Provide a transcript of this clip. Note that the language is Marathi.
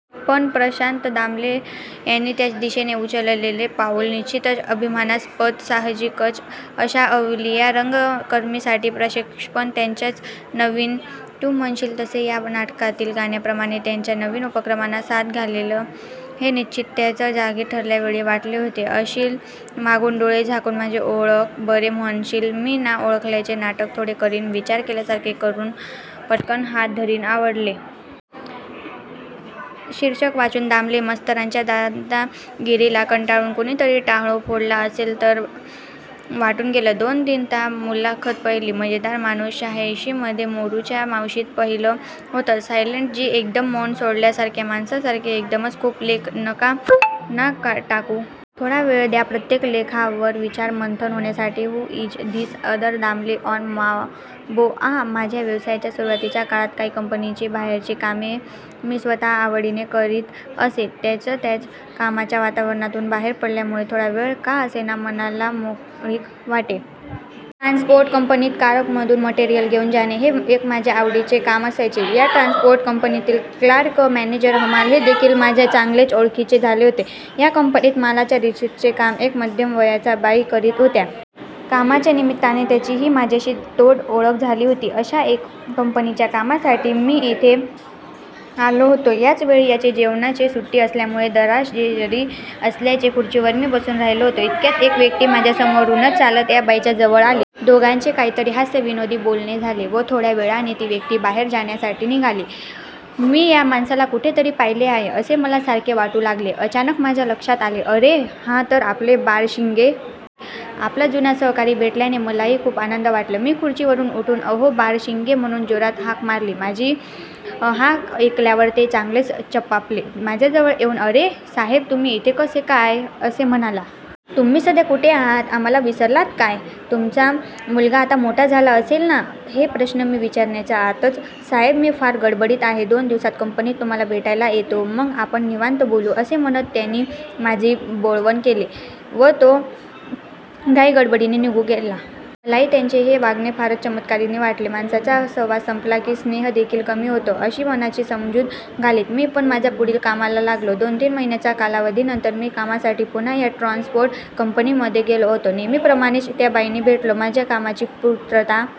पण प्रशांत दामले यांनी त्या दिशेने उचललेले पाऊल निश्चितच अभिमानास्पद. साहजिकच अशा अवलिया रंगकर्मीसाठी प्रेक्षकपण त्यांच्याच नवीन तू म्हणशील तसे या नाटकातील गाण्याप्रमाणे त्यांच्या नवीन उपक्रमांना साद घालेल हे निश्चित. त्याच जागी ठरल्या वेळी वाटले होते येशील, मागून डोळे झाकून माझे ओळख बरे म्हणशील, मी ना ओळखल्याचे नाटक थोडे करीन, विचार केल्यासारखे करून पटकन हात धरीन, आवडले. शीर्षक वाचून दामले मास्तरांच्या दादागिरीला कंटाळून कुणीतरी टाहो फोडला असेल असं वाटून गेलं. दोनतीनदा मुलाखत पाहिली. मजेदार माणूस. शहाऐंशीमध्ये मोरूच्या मावशीत पाहिलं होतं. सायलेंट जी एकदम मौन सोडल्यासारख्या माणसासारखे एकदमच खूप लेख नका ना टाकू. थोडा वेळ द्या प्रत्येक लेखावर विचार मंथन होण्यासाठी. Who is this other Damle on माबो? आँ! माझ्या व्यवसायाच्या सुरुवातीच्या काळात, काही कंपनीची बाहेरची कामे मी स्वतः आवडीने करीत असे. त्याच त्याच कामाच्या वातावरणातून बाहेर पडल्यामुळे, थोडा वेळ का असेना, मनाला मोकळीक वाटे. ट्रान्सपोर्ट कंपनीत कारमधून मटेरियल घेऊन जाणे, हे एक माझ्या आवडीचे काम असायचे. या ट्रान्सपोर्ट कंपनीतील क्लार्क, मॅनेजर, हमाल हे देखील माझ्या चांगलेच ओळखीचे झाले होते. या कंपनीत मालाच्या रिसीटचे काम, एक मध्यम वयाच्या बाई करीत होत्या. कामाच्या निमित्ताने त्यांची ही माझ्याशी तोंडओळख झाली होती. अशाच एका कंपनीच्या कामासाठी मी इथे आलो होतो. याच वेळी यांची जेवणाची सुट्टी असल्यामुळे दाराशेजारी असणाऱ्या खुर्चीवर मी बसून राहिलो होतो. इतक्यात एक व्यक्ती माझ्या समोरूनच चालत या बाईंच्या जवळ आली. दोघांचे काहीतरी हास्यविनोदी बोलणे झाले व थोड्या वेळाने ती व्यक्ती बाहेर जाण्यासाठी निघाली. मी या माणसाला कुठेतरी पाहिले आहे असे मला सारखे वाटू लागले. अचानक माझ्या लक्षात आले, अरे! हा तर आपले बारशिंगे. आपला जुना सहकारी भेटल्याने मलाही खूप आनंद वाटलं. मी खुर्चीवरून उठून, अहो बारशिंगे, म्हणून जोरात हाक मारली. माझी हाक ऐकल्यावर ते चांगलेच चपापले. माझ्याजवळ येऊन, अरे! साहेब तुम्ही इथे कसे काय? असे म्हणाला. तुम्ही सध्या कुठे आहात, आम्हाला विसरलात काय? तुमचा मुलगा आता मोठा झाला असेल ना? हे प्रश्न मी विचारण्याच्या आतच, साहेब मी फार गडबडीत आहे, दोन दिवसांत कंपनीत तुम्हाला भेटायला येतो, मग आपण निवांत बोलू, असे म्हणत त्यांनी माझी बोळवण केली व तो घाईगडबडीने निघून गेला. मलाही त्यांचे हे वागणे फारच चमत्कारिक वाटले. माणसाचा सहवास संपला की स्नेहदेखील कमी होतो अशी मनाची समजूत घालीत मी पण माझ्या पुढील कामाला लागलो. दोन-तीन महिन्यांच्या कालावधीनंतर मी कामासाठी पुन्हा या ट्रान्सपोर्ट कंपनीमध्ये गेलो होतो. नेहमीप्रमाणेच त्या बाईंना भेटलो, माझ्या कामाची पूर्तता